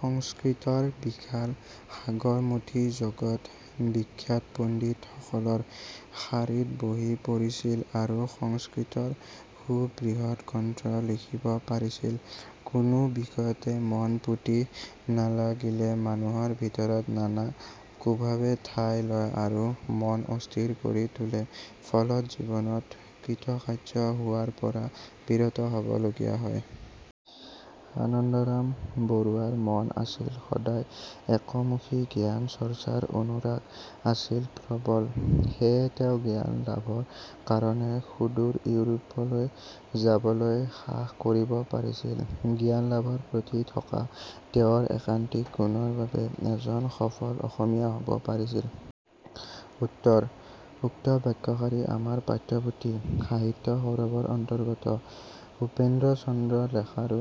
সংস্কৃতৰ বিশাল সাগৰ মথি জগত বিখ্যাত পণ্ডিত সকলৰ শাৰীত বহিব পাৰিছিল আৰু সংস্কৃতৰ সুবৃহৎ গ্ৰন্থ লিখিব পাৰিছিল। কোনো বিষয়তে মনপুতি নালাগিলে মানুহৰ ভিতৰত নানা কুভাৱে ঠাই লয় আৰু মন অস্থিৰ কৰি তোলে। ফলত জীৱনত কৃতকাৰ্য হোৱাৰ পৰা বিৰত হ'ব লগীয়া হয়। আনন্দৰাম বৰুৱাৰ মন আছিল সদায় একমুখী, জ্ঞান চৰ্চাৰ অনুৰাগ আছিল প্ৰবল। সেয়ে তেওঁ জ্ঞান লাভৰ কাৰণে সুদূৰ, ইউৰোপলৈ যাবলৈ সাহ কৰিব পাৰিছিল। জ্ঞান লাভৰ প্ৰতি থকা তেওঁৰ একান্তিক গুণৰ বাবে এজন সফল অসমীয়া হ'ব পাৰিছিল। উত্তৰ: উক্ত বাক্যশাৰী আমাৰ পাঠ্যপুথি 'সাহিত্য সৌৰভৰ অন্তৰ্গত্ উপেন্দ্ৰ চন্দ্ৰ লেখাৰু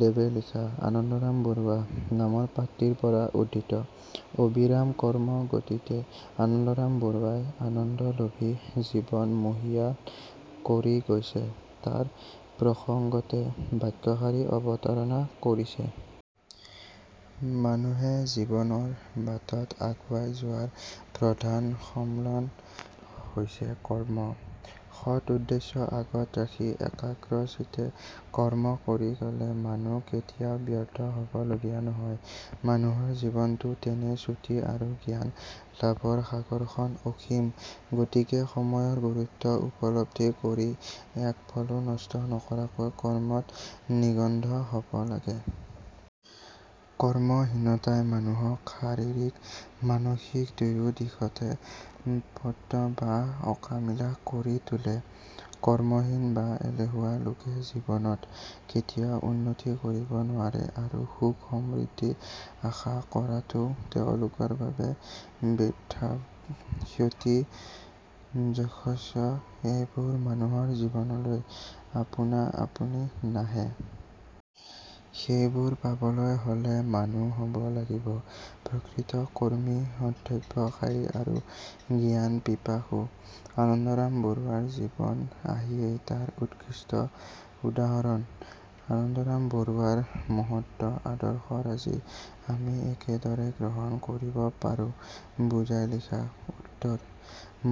দেৱে লিখা 'আনন্দৰাম বৰুৱা" নামৰ পাঠটিৰ পৰা উদ্ধৃত। অবিৰাম কৰ্মগতিতে আনন্দৰাম বৰুৱাই আনন্দ লভি জীৱন মহীয়ান কৰি গৈছে; তাৰ প্ৰসংগতে বাক্যশাৰীৰ অৱতাৰণা কৰিছে। মানুহে জীৱনৰ বাটত আগুৱাই যোৱাৰ প্ৰধান সম্বল হৈছে কৰ্ম। সৎ উদ্দেশ্য আগত ৰাখি একাগ্ৰচিত্তে কৰ্ম কৰি গ'লে মানুহ কেতিয়াও ব্যৰ্থ হ'ব লগীয়া নহয়। মানুহৰ জীৱনটো তেনেই চুটি আৰু জ্ঞান লাভৰ সাগৰখন অসীম। গতিকে সময়ৰ গুৰুত্ব উপলব্ধি কৰি, এক পলো নষ্ট নকৰাকৈ কৰ্মত নিমগ্ন হ'ব লাগে। কৰ্মহীনতাই মানুহক শাৰীৰিক মানসিক দুয়োদিশতে পঙ্গু বা অকামিলা কৰি তোলে। কৰ্মহীন বা এলেহুৱা লোকে জীৱনত কেতিয়াও উন্নতি কৰিব নোৱাৰে আৰু সুখ-সমৃদ্ধি আশা কৰাটোও তেওঁলোকৰ বাবে বৃথা। খ্যাতি, যশস্যা এইবোৰ মানুহৰ জীৱনলৈ আপোনা আপুনি নাহে। সেই বোৰ পাবলৈ হ'লে মানুহ হ'ব লাগিব প্ৰকৃত কৰ্মী, অধ্যবসায়ী আৰু জ্ঞান-পিপাসু। আনন্দৰাম বৰুৱাৰ জীৱন আহিয়েই তাৰ উৎকৃষ্ট উদাহৰণ। আনন্দৰাম বৰুৱাৰ মহৎ আদৰ্শৰাজি আমি কেনেদৰে গ্ৰহণ কৰিব পাৰোঁ বুজাই লিখা। উত্তৰ: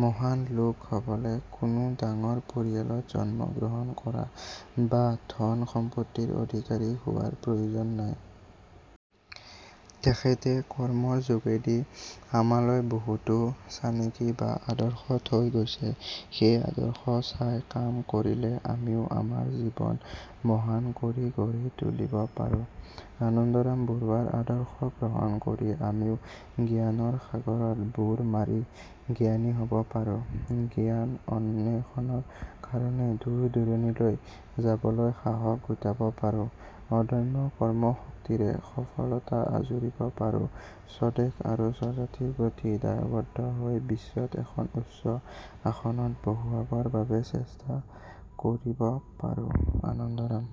মহান লোক হ'বলে কোনো ডাঙৰ পৰিয়ালত জন্ম গ্ৰহণ কৰা বা ধন সম্পত্তিৰ অধিকাৰী হোৱাৰ প্ৰয়োজন নাই। তেখেতে কৰ্মৰ যোগেদি আমালৈ বহুতো চানেকি বা আদৰ্শ থৈ গৈছে। সেই আদৰ্শ চাই কাম কৰিলে আমিও আমাৰ জীৱন মহান কৰি গঢ়ি তুলিব পাৰোঁ। আনন্দৰাম বৰুৱাৰ আদৰ্শ গ্ৰহণ কৰি আমিও জ্ঞানৰ সাগৰত বুৰ মাৰি জ্ঞানী হ'ব পাৰো, জ্ঞান অন্বেষণৰ কাৰণে দূৰ-দূৰণিলৈ যাবলৈ সাহস গোটাব পাৰো, অদম্য কৰ্মশক্তিৰে সফলতা আঁজুৰিব পাৰোঁ, স্বদেশ আৰু স্বজাতিৰ প্ৰতি দায়বদ্ধ হৈ বিশ্বত এখন উচ্চ আসনত বহুৱাবৰ বাবে চেষ্টা কৰিব পাৰোঁ। আনন্দৰাম